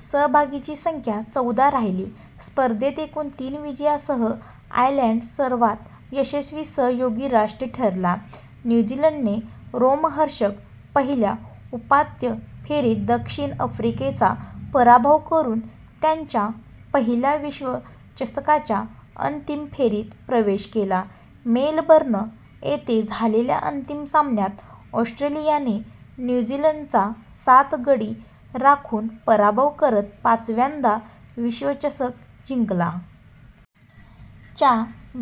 सहभागींची संख्या चौदा राहिली. स्पर्धेत एकूण तीन विजयांसह आयर्लंड सर्वात यशस्वी सहयोगी राष्ट्र ठरला. न्यू झीलंडने रोमहर्षक पहिल्या उपांत्य फेरीत दक्षिण आफ्रिकेचा पराभव करून त्यांच्या पहिल्या विश्वचषकाच्या अंतिम फेरीत प्रवेश केला. मेलबर्न येथे झालेल्या अंतिम सामन्यात ऑस्ट्रेलियाने न्यू झीलंडचा सात गडी राखून पराभव करत पाचव्यांदा विश्वचषक जिंकला.। च्या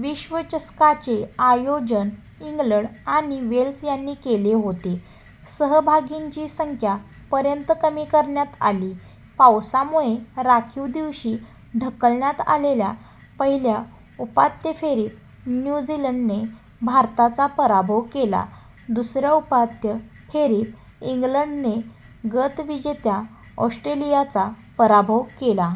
विश्वचषकाचे आयोजन इंग्लंड आणि वेल्स यांनी केले होते. सहभागींची संख्या पर्यंत कमी करण्यात आली. पावसामुळे राखीव दिवशी ढकलण्यात आलेल्या पहिल्या उपांत्य फेरीत न्यू झीलंडने भारताचा पराभव केला. दुसऱ्या उपांत्य फेरीत इंग्लंडने गतविजेत्या ऑस्ट्रेलियाचा पराभव केला.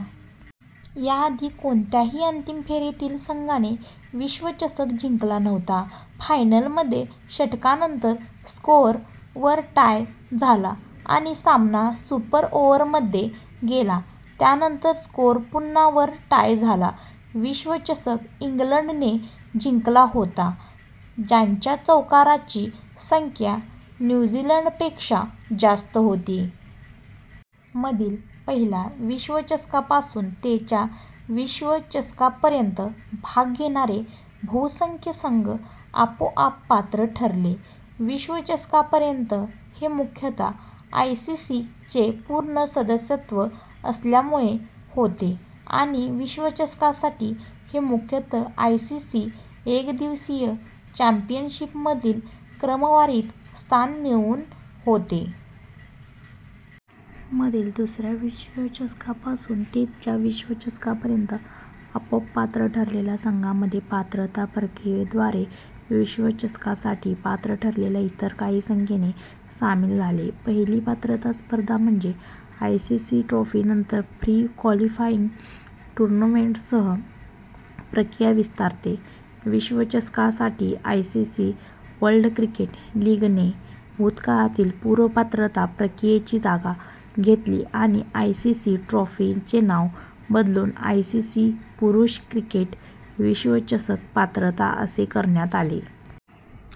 याआधी कोणत्याही अंतिम फेरीतील संघाने विश्वचषक जिंकला नव्हता. फायनलमध्ये, षटकांनंतर स्कोअर वर टाय झाला आणि सामना सुपर ओव्हरमध्ये गेला, त्यानंतर स्कोअर पुन्हा वर टाय झाला. विश्वचषक इंग्लंडने जिंकला होता, ज्यांच्या चौकारांची संख्या न्यू झीलंडपेक्षा जास्त होती. मधील पहिल्या विश्वचषकापासून ते च्या विश्वचषकापर्यंत, भाग घेणारे बहुसंख्य संघ आपोआप पात्र ठरले. विश्वचषकापर्यंत हे मुख्यतः आयसीसी चे पूर्ण सदस्यत्व असल्यामुळे होते आणि विश्वचषकासाठी हे मुख्यतः आयसीसी एकदिवसीय चॅम्पियनशिपमधील क्रमवारीत स्थान मिळवून होते. मधील दुसऱ्या विश्वचषकापासून ते च्या विश्वचषकापर्यंत, आपोआप पात्र ठरलेल्या संघांमध्ये पात्रता प्रक्रियेद्वारे विश्वचषकासाठी पात्र ठरलेल्या इतर काही संख्येने सामील झाले. पहिली पात्रता स्पर्धा म्हणजे आयसीसी ट्रॉफी; नंतर प्री-क्वालिफायिंग टूर्नामेंट्ससह प्रक्रिया विस्तारते. विश्वचषकासाठी, आयसीसी वर्ल्ड क्रिकेट लीगने भूतकाळातील पूर्व-पात्रता प्रक्रियेची जागा घेतली; आणि "आयसीसी ट्रॉफी" चे नाव बदलून "आयसीसी पुरुष क्रिकेट विश्वचषक पात्रता" असे करण्यात आले.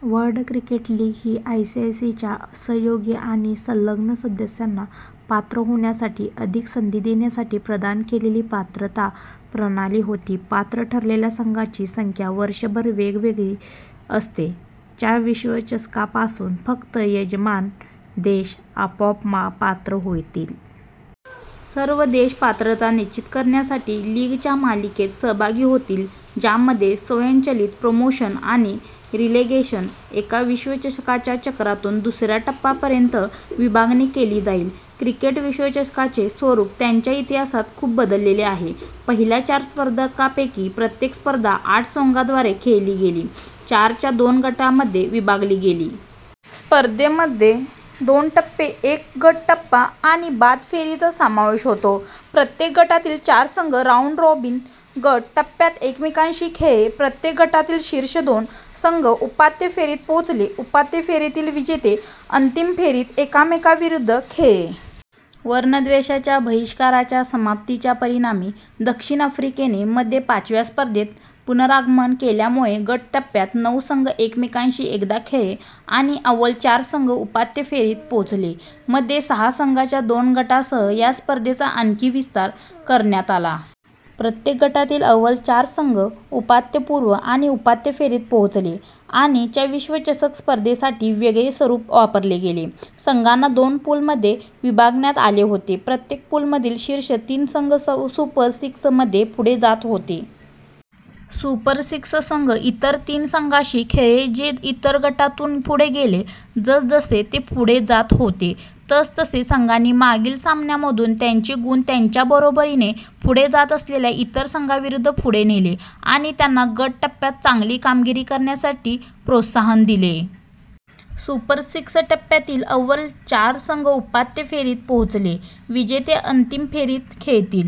वर्ल्ड क्रिकेट लीग ही आयसीसीच्या सहयोगी आणि संलग्न सदस्यांना पात्र होण्यासाठी अधिक संधी देण्यासाठी प्रदान केलेली पात्रता प्रणाली होती. पात्र ठरलेल्या संघांची संख्या वर्षभर वेगवेगळी असते. च्या विश्वचषकापासून, फक्त यजमान देश आपोआप पात्र होतील. सर्व देश पात्रता निश्चित करण्यासाठी लीगच्या मालिकेत सहभागी होतील, ज्यामध्ये स्वयंचलित प्रमोशन आणि रेलेगेशन एका विश्वचषकाच्या चक्रातून दुसऱ्या टप्प्यापर्यंत विभागणी केली जाईल. क्रिकेट विश्वचषकाचे स्वरूप त्याच्या इतिहासात खूप बदलले आहे. पहिल्या चार स्पर्धांपैकी प्रत्येक स्पर्धा आठ संघांद्वारे खेळली गेली, चारच्या दोन गटांमध्ये विभागली गेली. स्पर्धेमध्ये दोन टप्पे, एक गट टप्पा आणि बाद फेरीचा समावेश होता. प्रत्येक गटातील चार संघ राऊंड-रॉबिन गट टप्प्यात एकमेकांशी खेळले, प्रत्येक गटातील शीर्ष दोन संघ उपांत्य फेरीत पोहोचले. उपांत्य फेरीतील विजेते अंतिम फेरीत एकमेकांविरुद्ध खेळले. वर्णद्वेषाच्या बहिष्काराच्या समाप्तीच्या परिणामी दक्षिण आफ्रिकेने मध्ये पाचव्या स्पर्धेत पुनरागमन केल्यामुळे, गट टप्प्यात नऊ संघ एकमेकांशी एकदा खेळले आणि अव्वल चार संघ उपांत्य फेरीत पोहोचले. मध्ये सहा संघांच्या दोन गटांसह या स्पर्धेचा आणखी विस्तार करण्यात आला. प्रत्येक गटातील अव्वल चार संघ उपांत्यपूर्व आणि उपांत्य फेरीत पोहोचले. आणि च्या विश्वचषक स्पर्धेसाठी वेगळे स्वरूप वापरले गेले. संघांना दोन पूलमध्ये विभागण्यात आले होते, प्रत्येक पूलमधील शीर्ष तीन संघ सुपर सिक्स मध्ये पुढे जात होते. सुपर सिक्स संघ इतर तीन संघांशी खेळले जे इतर गटातून पुढे गेले. जसजसे ते पुढे जात होते, तसतसे संघांनी मागील सामन्यांमधून त्यांचे गुण त्यांच्या बरोबरीने पुढे जात असलेल्या इतर संघांविरुद्ध पुढे नेले आणि त्यांना गट टप्प्यात चांगली कामगिरी करण्यासाठी प्रोत्साहन दिले. "सुपर सिक्स" टप्प्यातील अव्वल चार संघ उपांत्य फेरीत पोहोचले, विजेते अंतिम फेरीत खेळतील.